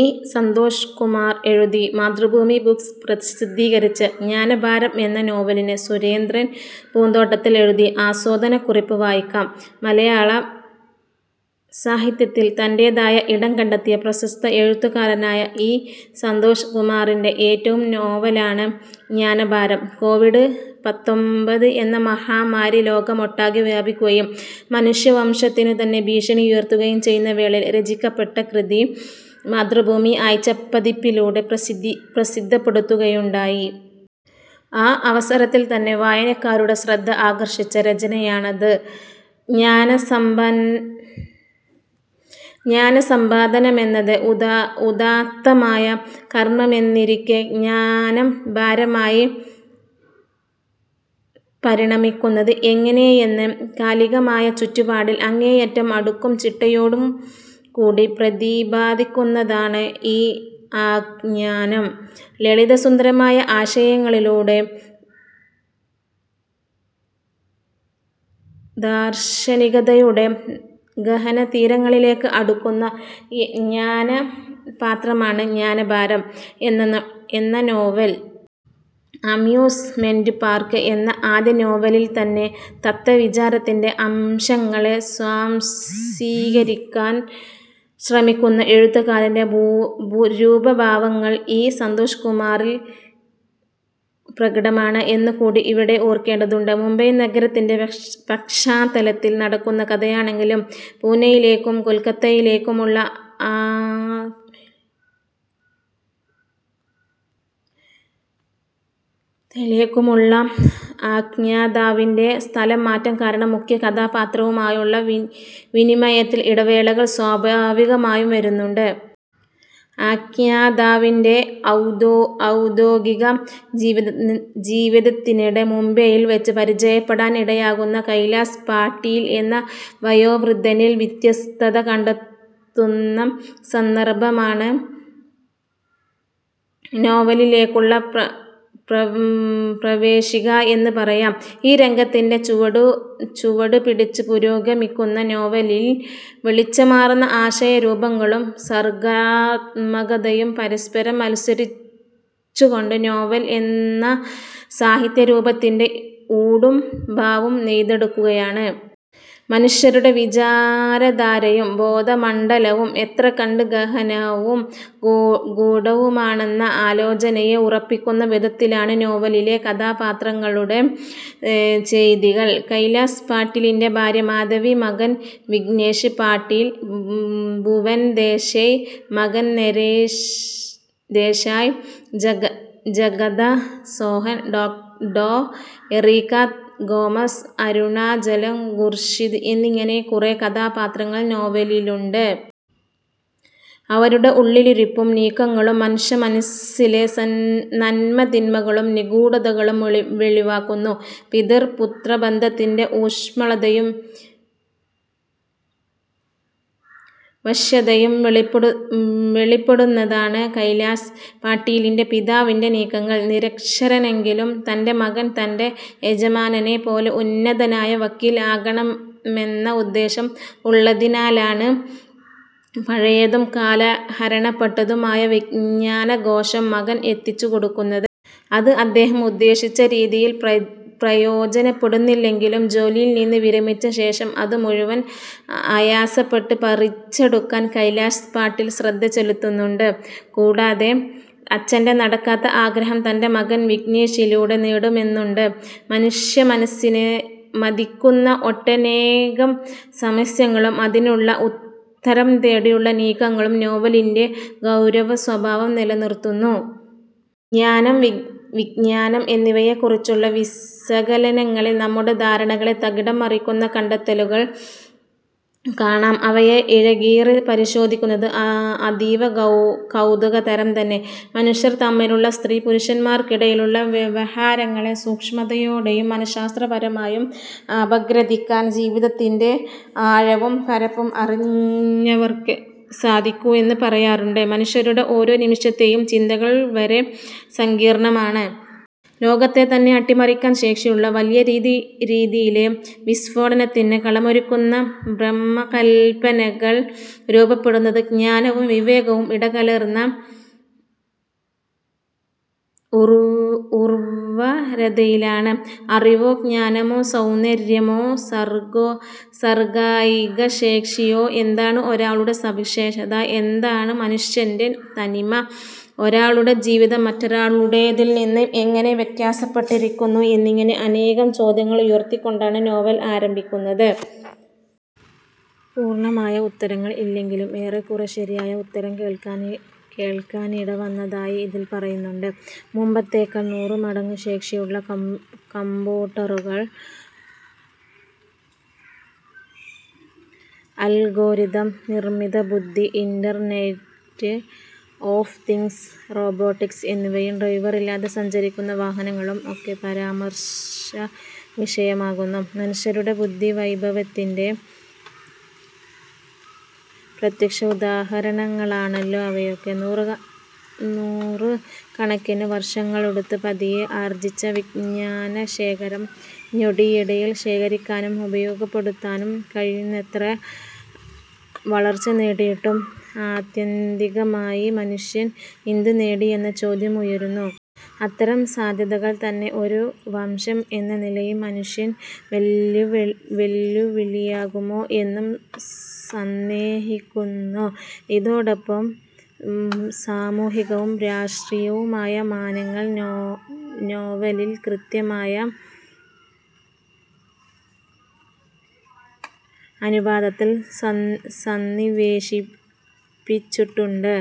E. Santhoshkumar എഴുതി Mathrubhumi books പ്രസിദ്ധീകരിച്ച ' ജ്ഞാനഭാരം ' എന്ന നോവലിന് സുരേന്ദ്രൻ പൂന്തോട്ടത്തിൽ എഴുതിയ ആസ്വാദനക്കുറിപ്പ് വായിക്കാം. മലയാള സാഹിത്യത്തിൽ തന്‍റേതായ ഇടം കണ്ടെത്തിയ പ്രശസ്ത എഴുത്തുകാരനായ ഇ. സന്തോഷ് കുമാറിന്‍റെ ഏറ്റവും നോവലാണ് '' ജ്ഞാനഭാരം ''. കോവിഡ് പത്തൊൻബത്ത് എന്ന മഹാമാരി ലോകമൊട്ടാകെ വ്യാപിക്കുകയും മനുഷ്യവംശത്തിനു തന്നെ ഭീഷണി ഉയർത്തുകയും ചെയ്യുന്ന വേളയിൽ രചിക്കപ്പെട്ട കൃതി മാതൃഭൂമി ആഴ്ചപ്പതിപ്പിലൂടെ പ്രസിദ്ധപ്പെടുത്തുകയുണ്ടായി. ആ അവസരത്തിൽ തന്നെ വായനക്കാരുടെ ശ്രദ്ധ ആകർഷിച്ച രചനയാണത്. ജ്ഞാനസമ്പാദനമെന്നത് ഉദാ ഉദാത്തമായ കർമ്മമെന്നിരിക്കെ ജ്ഞാനം ഭാരമായി പരിണമിക്കുന്നത് എങ്ങനെയെന്ന് കാലികമായ ചുറ്റുപാടിൽ അങ്ങേയറ്റം അടുക്കും ചിട്ടയോടെയും കൂടി പ്രതിപാദിക്കുന്നതാണ് ഈ ആഖ്ജ്ഞാനം. ലളിതസുന്ദരമായ ആശയങ്ങളിലൂടെ ദാർശനികതയുടെ ഗഹനതീരങ്ങളിലേക്ക് അടുക്കുന്ന യാനപാത്രമാണ് ' ജ്ഞാനഭാരം ' എന്ന നോവൽ. ' അമ്യൂസ്മെന്‍റ് പാർക്ക് ' എന്ന ആദ്യനോവലിൽ തന്നെ തത്വവിചാരത്തിന്റെ അംശങ്ങളെ സ്വാംശീകരിക്കാൻ ശ്രമിക്കുന്ന എഴുത്തുകാരന്‍റെ രൂപഭാവങ്ങൾ ഇ. സന്തോഷ്കുമാറിൽ പ്രകടമാണ് എന്ന് കൂടി ഇവിടെ ഓർക്കേണ്ടതുണ്ട്. മുംബൈ നഗരത്തിന്‍റെ പശ്ചാത്തലത്തിൽ നടക്കുന്ന കഥയാണെങ്കിലും പൂനയിലേക്കും കൊൽക്കത്തയിലേക്കും ഉള്ള ആകഞ്ജതാവിന്‍റെ സ്ഥലംമാറ്റം കാരണം മുഖ്യകഥാപാത്രവുമായുള്ള വിനിമയത്തിൽ ഇടവേളകൾ സ്വാഭാവികമായും വരുന്നുണ്ട്. ആഖ്യാതാവിന്‍റെ ഔദ്യോഗിക ജീവിതത്തിനിടെ മുംബൈയിൽ വച്ച് പരിചയപ്പെടാൻ ഇടയാകുന്ന കൈലാസ് പാട്ടീൽ എന്ന വയോവൃദ്ധനിൽ വ്യത്യസ്തത കണ്ടെത്തുന്ന സന്ദർഭമാണ് നോവലിലേക്കുള്ള പ്രവേശിക എന്ന് പറയാം. ഈ രംഗത്തിന്‍റെ ചുവടുപിടിച്ചു പുരോഗമിക്കുന്ന നോവലിൽ വെളിച്ചമാർന്ന ആശയരൂപങ്ങളും സർഗാത്മകതയും പരസ്പരം മത്സരിച്ചുകൊണ്ട് ' നോവൽ ' എന്ന സാഹിത്യരൂപത്തിന്റെ ഊടും പാവും നെയ്തെടുക്കുകയാണ്. മനുഷ്യരുടെ വിചാരധാരയും ബോധമണ്ഡലവും എത്രകണ്ട് ഗഹനവും ഗൂഢവുമാണെന്ന ആലോചനയെ ഉറപ്പിക്കുന്നവിധത്തിലാണ് നോവലിലെ കഥാപാത്രങ്ങളുടെ ചെയ്തികൾ. കൈലാസ് പാട്ടീലിന്‍റെ ഭാര്യ മാധവി, മകൻ വിഘ്നേഷ് പാട്ടീൽ, ഭുവൻ ദേശായ്, മകൻ നരേഷ് ദേശായ്, ജഗദ, സോഹൻ, ഡോ. എറീക്ക ഗോമസ് അരുണാചലം ഖുർഷിദ് എന്നിങ്ങനെ കുറെ കഥാപാത്രങ്ങൾ നോവലിലുണ്ട്. അവരുടെ ഉള്ളിലിരിപ്പും നീക്കങ്ങളും മനുഷ്യമനസ്സിലെ നന്മതിന്മകളും നിഗൂഢതകളും വെളിവാക്കുന്നു. പിതൃ-പുത്ര ബന്ധത്തിന്‍റെ ഊഷ്മളതയും വശ്യതയും വെളിപ്പെടുന്നതാണ് കൈലാസ് പാട്ടീലിന്‍റെ പിതാവിന്‍റെ നീക്കങ്ങൾ. നിരക്ഷരനെങ്കിലും തന്‍റെ മകൻ തന്‍റെ യജമാനനെ പോലെ ഉന്നതനായ വക്കീൽ ആകണമെന്ന ഉദ്ദേശ്യം ഉള്ളതിനാലാണ് പഴയതും കലഹരണപ്പെട്ടതും ആയ വിജ്ഞാനകോശം മകൻ എത്തിച്ചു കൊടുക്കുന്നത്. അത് അദ്ദേഹം ഉദ്ദേശിച്ച രീതിയിൽ പ്രയോജനപ്പെടുന്നില്ലെങ്കിലും, ജോലിയിൽ നിന്ന് വിരമിച്ച ശേഷം അതു മുഴുവൻ ആയാസപ്പെട്ട് പറിച്ചെടുക്കാൻ കൈലാസ് പാട്ടീൽ ശ്രദ്ധ ചെലുത്തുന്നുണ്ട്. കൂടാതെ അച്ഛന്‍റെ നടക്കാത്ത ആഗ്രഹം തന്‍റെ മകൻ വിഘ്നേഷിലൂടെ നേടുമെന്നുണ്ട്. മനുഷ്യമനസ്സിനെ മഥിക്കുന്ന ഒട്ടനേകം സമസ്യകളും അതിനുള്ള ഉത്തരം തേടിയുള്ള നീക്കങ്ങളും നോവലിന്‍റെ ഗൗരവസ്വഭാവം നിലനിർത്തുന്നു. ജ്ഞാനം വിജ്ഞാനം എന്നിവയെ കുറിച്ചുള്ള വിശകലനങ്ങളിൽ നമ്മുടെ ധാരണകളെ തകിടം മറിക്കുന്ന കണ്ടെത്തലുകൾ കാണാം. അവയെ ഇഴകീറി പരിശോധിക്കുന്നത് അതീവ കൗതുകതരം തന്നെ. മനുഷ്യർ തമ്മിലുള്ള -സ്ത്രീ, പുരുഷന്മാർക്കിടയിലുള്ള- വ്യവഹാരങ്ങളെ സൂക്ഷ്മതയോടെയും മന:ശാസ്ത്രപരമായും അപഗ്രഥിക്കാൻ ജീവിതത്തിന്‍റെ ആഴവും പരപ്പും അറിഞ്ഞവർക്കേ സാധിക്കൂ എന്ന് പറയാറുണ്ട്. മനുഷ്യരുടെ ഓരോ നിമിഷത്തെയും ചിന്തകൾ വരെ സങ്കീർണമാണ്. ലോകത്തെ തന്നെ അട്ടിമറിക്കാൻ ശേഷിയുള്ള, വലിയ രീതിയിലെ വിസ്ഫോടനത്തിനു കളമൊരുക്കുന്ന ഭ്രമകല്പനകൾ രൂപപ്പെടുന്നത് ജ്ഞാനവും വിവേകവും ഇടകലർന്ന ഉർവ്വരതയിലാണ്. അറിവോ ജ്ഞാനമോ സൗന്ദര്യമോ സർഗ്ഗകായികശേഷിയോ എന്താണ് ഒരാളുടെ സവിശേഷത? എന്താണ് മനുഷ്യന്‍റെ തനിമ? ഒരാളുടെ ജീവിതം മറ്റൊരാളുടേതിൽനിന്ന് എങ്ങനെ വ്യത്യാസപ്പെട്ടിരിക്കുന്നു? എന്നിങ്ങനെ അനേകം ചോദ്യങ്ങൾ ഉയർത്തിക്കൊണ്ടാണ് നോവൽ ആരംഭിക്കുന്നത്. പൂർണ്ണമായ ഉത്തരങ്ങൾ ഇല്ലെങ്കിലും ഏറെക്കുറെ ശരിയായ ഉത്തരം കേൾക്കാനിടവന്നതായി ഇതിൽ പറയുന്നുണ്ട്. മുമ്പത്തേക്കാൾ നൂറു മടങ്ങു ശേഷിയുള്ള കമ്പൂട്ടറുകൾ, അൽഗോരിതം, നിർമ്മിതബുദ്ധി, ഇന്റർനെറ്റ് ഓഫ് തിങ്ങ്സ്, റോബോട്ടിക്സ് എന്നിവയും ഡ്രൈവറില്ലാതെ സഞ്ചരിക്കുന്ന വാഹനങ്ങളും ഒക്കെ പരാമർശ വിഷയമാകുന്നു. മനുഷ്യരുടെ ബുദ്ധിവൈഭവത്തിന്റെ പ്രത്യക്ഷ ഉദാഹരണങ്ങളാണല്ലോ അവയൊക്കെ. നൂറുകണക്കിന് വർഷങ്ങളെടുത്ത് പതിയെ ആർജ്ജിച്ച വിജ്ഞാനശേഖരം നൊടിയിടയിൽ ശേഖരിക്കാനും ഉപയോഗപ്പെടുത്താനും കഴിയുന്നത്ര വളർച്ച നേടിയിട്ടും ആത്യന്തികമായി മനുഷ്യൻ എന്തുനേടി എന്ന ചോദ്യം ഉയരുന്നു. അത്തരം സാധ്യതകൾ തന്നെ ഒരു വംശം എന്ന നിലയിൽ മനുഷ്യൻ വെല്ലുവിളിയാകുമോ എന്നും സന്ദേഹിക്കുന്നു. ഇതോടൊപ്പം സാമൂഹികവും രാഷ്ട്രീയവുമായ മാനങ്ങൾ നോവലിൽ കൃത്യമായ അനുപാതത്തിൽ സന്നിവേശിപ്പിച്ചിട്ടുണ്ട്.